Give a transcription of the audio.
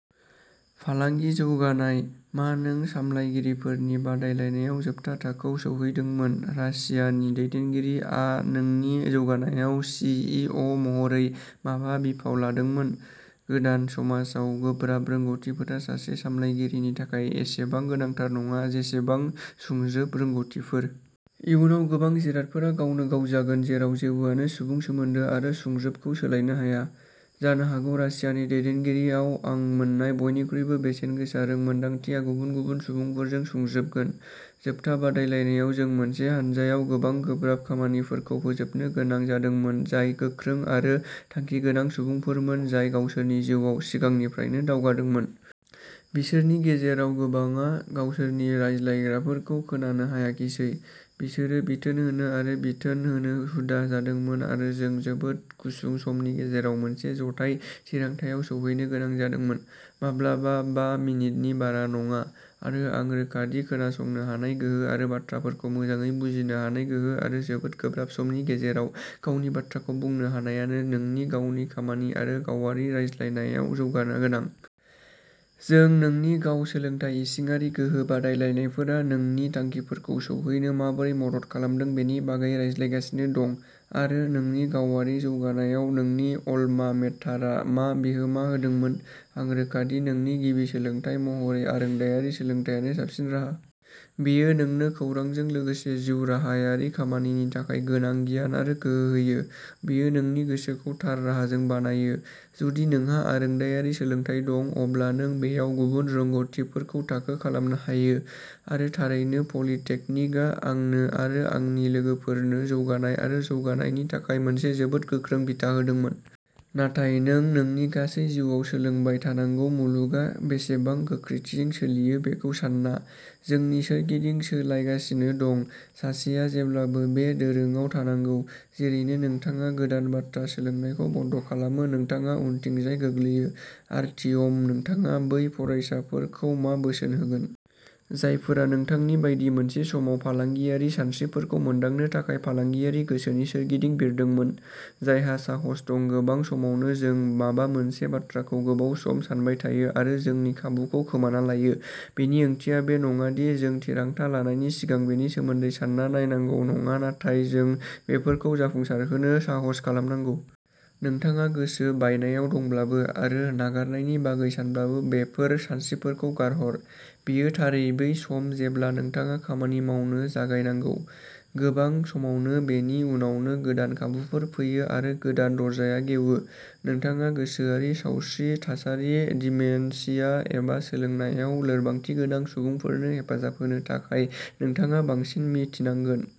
फालांगि जौगानाय। मा नों सामलायगिरिफोरनि बादायलायनायाव जोबथा थाखोआव सौहैदोंमोन रासियानि दैदेनगिरि आ नोंनि जौगानायाव सि. इ. अ. महरै माबा बिफाव लादोंमोन? गोदान समाजआव गोब्राब रोंग'थिफोरा सासे सामलायगिरिनि थाखाय एसेबां गोनांथार नङा जेसेबां सुंज्रोब रोंग'थिफोर। इयुनाव गोबां जिरादफोरा गावनो गाव जागोन जेराव जेबोआनो सुबुं सोमोन्दो आरो सुंज्रोबखौ सोलायनो हाया। जानो हागौ रासियानि दैदेनगिरि आव आं मोननाय बयनिख्रुइबो बेसेनगोसा रोंमोनदांथिया गुबुन गुबुन सुबुंफोरजों सुंज्रोबमोन। जोबथा बादायलायनायाव जों मोनसे हानजायाव गोबां गोब्राब खामानिफोरखौ फोजोबनो गोनां जादोंमोन जाय गोख्रों आरो थांखि गोनां सुबुंफोरमोन जाय गावसोरनि जिउआव सिगांनिफ्रायनो दावगादोंमोन। बिसोरनि गेजेराव गोबांआ गावसोरनि रायज्लायग्राफोरखौ खोनानो हायाखिसै। बिसोरो बिथोन होनो आरो बिथोन होनो हुदा जादोंमोन आरो जों जोबोद गुसुं समनि गेजेराव मोनसे जथाय थिरांथायाव सौहैनो गोनां जादोंमोन। माब्लाबा बा मिनिटनि बारा नङा। आरो आं रोखा दि खोनासंनो हानाय गोहो आरो बाथ्राफोरखौ मोजाङै बुजिनो हानाय गोहो आरो जोबोद गोब्राब समनि गेजेराव गावनि बाथ्राखौ बुंनो हानायानो नोंनि गावनि खामानि आरो गावारि रायज्लायनायाव जौगानो गोनां। जों नोंनि गाव सोलोंथाय इसिङारि गोहो बादायलायनायफोरा नोंनि थांखिफोरखौ सौहैनो माबोरै मदद खालामदों बेनि बागै रायज्लायगासिनो दं। आरो नोंनि गावारि जौगानायाव नोंनि अल्मा मेटारआ मा बिहोमा होदोंमोन? आं रोखा दि नोंनि गिबि सोलोंथाय महरै आरोंदायारि सोलोंथायानो साबसिन राहा। बेयो नोंनो खौरांजों लोगोसे जिउराहायारि खामानिनि थाखाय गोनां गियान आरो गोहो होयो; बेयो नोंनि गोसोखौ थार राहाजों बानायो। जुदि नोंहा आरोंदायारि सोलोंथाय दं अब्ला नों बेयाव गुबुन रोंग'थिफोरखौ थाखो खालामनो हायो। आरो थारैनो पलिटेकनिकआ आंनो आरो आंनि लोगोफोरनो जौगानाय आरो जौगानायनि थाखाय मोनसे जोबोद गोख्रों बिथा होदोंमोन। नाथाय नों नोंनि गासै जिउआव सोलोंबाय थानांगौ मुलुगआ बेसेबां गोख्रैथिजों सोलियो बेखौ सान्ना। जोंनि सोरगिदिं सोलायगासिनो दं। सासेआ जेब्लाबो बे दोरोंआव थानांगौ। जेरैनो नोंथाङा गोदान बाथ्रा सोलोंनायखौ बन्द खालामो नोंथाङा उनथिंजाय गोग्लैयो। आर्तियम नोंथाङा बै फरायसाफोरखौ मा बोसोन होगोन। जायफोरा नोंथांनि बायदि मोनसे समाव फालांगियारि सानस्रिफोरखौ मोनदांनो थाखाय फालांगियारि गोसोनि सोरगिदिं बिरदोंमोन? जायहा साहस दं गोबां समावनो जों माबा मोनसे बाथ्राखौ गोबाव सम सानबाय थायो आरो जोंनि खाबुखौ खोमाना लायो। बेनि ओंथिया बे नङा दि जों थिरांथा लानायनि सिगां बेनि सोमोन्दै सानना नायनांगौ नङा नाथाय जों बेफोरखौ जाफुंसारहोनो साहस खालामनांगौ। नोंथाङा गोसो बायनायाव दंब्लाबो आरो नागारनायनि बागै सानब्लाबो बेफोर सानस्रिफोरखौ गारहर। बेयो थारै बै सम जेब्ला नोंथाङा खामानि मावनो जागायनांगौ। गोबां समावनो बेनि उनावनो गोदान खाबुफोर फैयो आरो गोदान दरजाया गेवो। नोंथाङा गोसोआरि सावस्रि थासारि दिमेनशिया एबा सोलोंनायाव लोरबांथि गोनां सुबुंफोरनो हेफाजाब होनो थाखाय नोंथाङा बांसिन मिथिनांगोन।